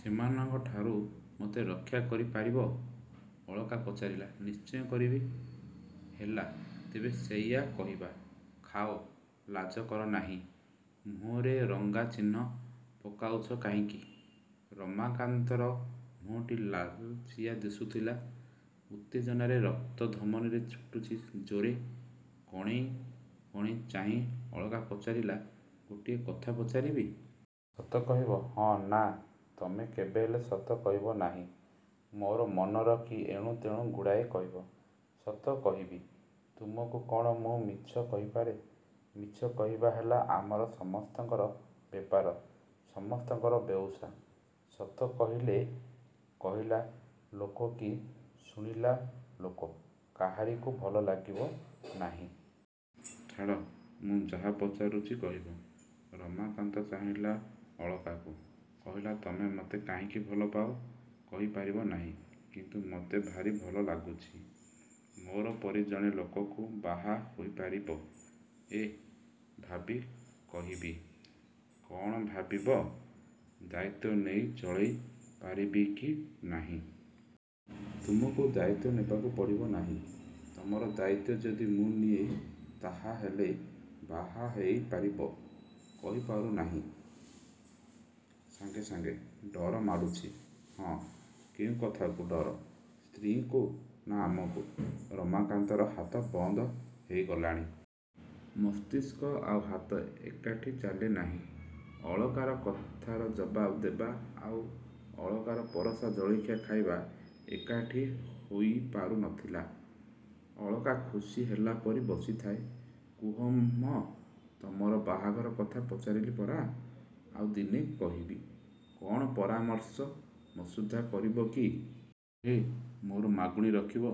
ସେମାନଙ୍କଠାରୁ ମତେ ରକ୍ଷାକରି ପାରିବ? ଅଳକା ପଚାରିଲା। -ନିଶ୍ଚୟ କରିବି। -ହେଲା ତେବେ ସେଇଆ କହିବା। ଖାଅ, ଲାଜ କର ନାହିଁ। ମୁହଁରେ ରଙ୍ଗା ଚିହ୍ନ ପକାଉଛ କାହିଁକି? ରମାକାନ୍ତର ମୁହଁଟି ଲାଲଚିଆ ଦିଶୁଥିଲା। ଉତ୍ତେଜନାରେ ରକ୍ତ ଧମନୀରେ ଛୁଟୁଛି ଜୋର୍ରେ। କଣେଇ କଣେଇ ଚାହିଁ ଅଳକା ପଚାରିଲା-ଗୋଟିଏ କଥା ପଚାରିବି? -ସତ କହିବ-? -ହଁ। -ନା, ତମେ କେବେହେଲେ ସତ କହିବ ନାହିଁ। ମୋର ମନ ରଖି ଏଣୁ ତେଣୁ ଗୁଡ଼ାଏ କହିବ। -ସତ କହିବି। ତୁମକୁ କ'ଣ ମୁଁ ମିଛ କହିପାରେ? -ମିଛ କହିବା ହେଲା ଆମର ସମସ୍ତଙ୍କର ବେପାର-ସମସ୍ତଙ୍କ ବେଉସା। ସତ କହିଲେ କହିଲା ଲୋକ କି ଶୁଣିଲା ଲୋକ-କାହାରିକୁ ଭଲ ଲାଗିବ ନାହିଁ। ଛାଡ଼। ମୁଁ ଯାହା ପଚାରୁଛି କହିବ। -ରମାକାନ୍ତ ଚାହିଁଲା ଅଳକାକୁ। -କହିଲା-ତମେ ମତେ କାହିଁକି ଭଲପାଅ? -କହି ପାରିବ ନାହିଁ; କିନ୍ତୁ ମତେ ଭାରି ଭଲ ଲାଗୁଛି। -ମୋ ପରି ଜଣେ ଲୋକକୁ ବାହା ହୋଇ ପାରିବ? -ଏଁ? ଭାବି କହିବି। -କ'ଣ ଭାବିବ? -ଦାୟିତ୍ୱ ନେଇ ଚଳେଇ ପାରିବି କି ନାହିଁ? -ତୁମକୁ ଦାୟିତ୍ୱ ନେବାକୁ ପଡ଼ିବ ନାହିଁ। ତମର ଦାୟିତ୍ୱ ଯଦି ମୁଁ ନିଏ, ତାହାହେଲେ ବାହା ହେଇ ପାରିବ? -କହି ପାରୁ ନାହିଁ ସାଙ୍ଗେ ସାଙ୍ଗେ। -ଡର ମାଡ଼ୁଛି? -ହଁ। -କେଉଁ କଥାକୁ ଡର? ସ୍ତ୍ରୀଙ୍କୁ? -ନା ଆମକୁ? ରମାକାନ୍ତର ହାତ ବନ୍ଦ ହେଇ ଗଲାଣି। ମସ୍ତିଷ୍କ ଆଉ ହାତ ଏକାଠି ଚାଲେ ନାହିଁ। ଅଳକାର କଥାର ଜବାବ ଦେବା ଆଉ ଅଳକାର ପରସା ଜଳଖିଆ ଖାଇବା-ଏକାଠି ହୋଇପାରୁ ନ ଥିଲା। ଅଳକା ଖୁସି ହେଲାପରି ବସିଥାଏ। -କୁହ ମ। ତମର ବାହାଘର କଥା ପଚାରିଲି ପରା। -ଆଉ ଦିନେ କହିବି। -କ'ଣ ପରାମର୍ଶ ମସୁଧା କରିବ କି? -ହେ, ମୋର ମାଗୁଣି ରଖିବ।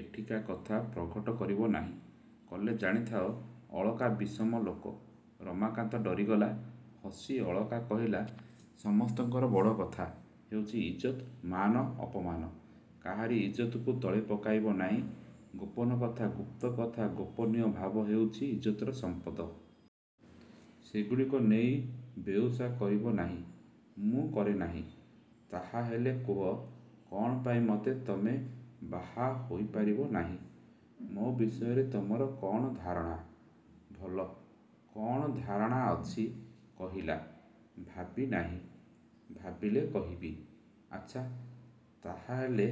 ଏଠିକା କଥା ପ୍ରଘଟ କରିବ ନାହିଁ। କଲେ ଜାଣିଥାଅ, ଅଳକା ବିଷମ ଲୋକ। ରମାକାନ୍ତ ଡରିଗଲା। ହସି ଅଳକା କହିଲା-ସମସ୍ତଙ୍କର ବଡ଼ କଥା ହେଉଛି ଇଜ୍ଜତ-ମାନ ଅପମାନ। କାହାରି ଇଜ୍ଜତକୁ ତଳେ ପକାଇବ ନାହିଁ। ଗୋପନ କଥା, ଗୁପ୍ତ କଥା, ଗୋପନୀୟ ଭାବ-ହେଉଛି ଇଜ୍ଜତର ସଂପଦ। ସେଗୁଡ଼ିକ ନେଇ ବେଉଷା କରିବ ନାହିଁ। -ମୁଁ କରେ ନାହିଁ। -ତାହା ହେଲେ କୁହ-କ'ଣ ପାଇଁ ମତେ ତମେ ବାହା ହୋଇପାରିବ ନାହିଁ? ମୋ ବିଷୟରେ ତମର କ'ଣ ଧାରଣା? -ଭଲ। -କଣ ଧାରଣା ଅଛି କହିଲ।? -ଭାବି ନାହିଁ। ଭାବିଲେ କହିବି। -ଆଚ୍ଛା, ତାହାହେଲେ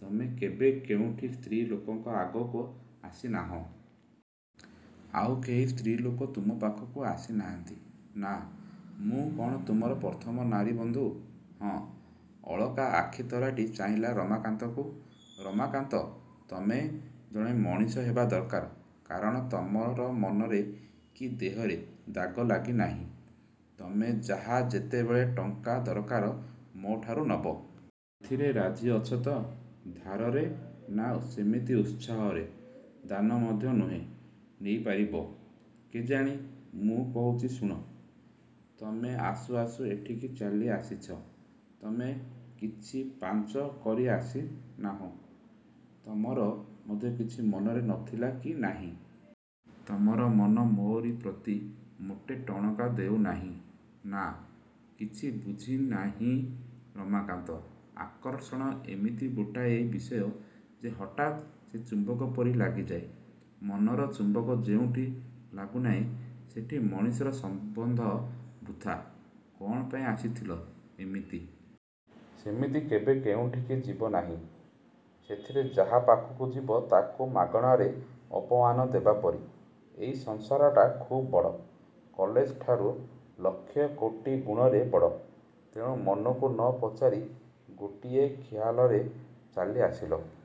ତମେ କେବେ କେଉଁଠି ସ୍ତ୍ରୀ ଲୋକଙ୍କ ଆଗକୁ ଆସିନାହଁ। ଆଉ କେହି ସ୍ତ୍ରୀ ଲୋକ ତୁମ ପାଖକୁ ଆସି ନାହାଁନ୍ତି। -ନା। -ମୁଁ କ'ଣ ତୁମର ପ୍ରଥମ ନାରୀବନ୍ଧୁ? -ହଁ। ଅଳକା ଆଖି ତରାଟି ଚାହିଁଲା-ରମାକାନ୍ତକୁ। -ରମାକାନ୍ତ, ତମେ ଜଣେ ମଣିଷ ହେବା ଦରକାର। କାରଣ ତମର ମନରେ କି ଦେହରେ ଦାଗ ଲାଗିନାହିଁ। ତମେ ଯାହା ଯେତେବେଳେ ଟଙ୍କା ଦରକାର, ମୋ'ରିଠାରୁ ନବ। ଏଥିରେ ରାଜି ଅଛ ତ? -ଧାରରେ। -ନା, ସେମିତି ଉତ୍ସାହରେ-ଦାନ ମଧ୍ୟ ନୁହେଁ। ନେଇ ପାରିବ? -କେଜାଣି? -ମୁଁ କହୁଛି ଶୁଣ। ତମେ ଆସୁ ଆସୁ ଏଠିକି ଚାଲି ଆସିଛ। ତମେ କିଛି ପାଞ୍ଚ କରି ଆସି ନାହଁ। ତମର ମଧ୍ୟ କିଛି ମନରେ ନ ଥିଲା କି ନାହିଁ। ତମର ମନ ମୋରି ପ୍ରତି ମୋଟେ ଟଣକା ଦେଉନାହିଁ। -ନା। -କିଛି ବୁଝିନାହିଁ ରମାକାନ୍ତ। ଆକର୍ଷଣ ଏମିତି ଗୋଟାଏ ବିଷୟ ଯେ ହଠାତ୍ ସେ ଚୁମ୍ବକ ପରି ଲାଗିଯାଏ। ମନର ଚୁମ୍ବକ ଯେଉଁଠି ଲାଗୁନାହିଁ ସେଠି ମଣିଷର ସମ୍ବନ୍ଧ ବୃଥା। କ'ଣ ପାଇଁ ଆସିଥିଲ? -ଏମିତି। -ସେମିତି କେବେ କେଉଁଠିକି ଯିବନାହିଁ। ସେଥିରେ ଯାହା ପାଖକୁ ଯିବ ତା'କୁ ମାଗଣାରେ ଅପମାନ ଦେବା ପରି। ଏଇ ସଂସାରଟା ଖୁବ୍ ବଡ଼। କଲେଜଠାରୁ ଲକ୍ଷ କୋଟି ଗୁଣରେ ବଡ଼। ତେଣୁ ମନକୁ ନ ପଚାରି ଗୋଟିଏ ଖିଆଲରେ ଚାଲି ଆସିଲ।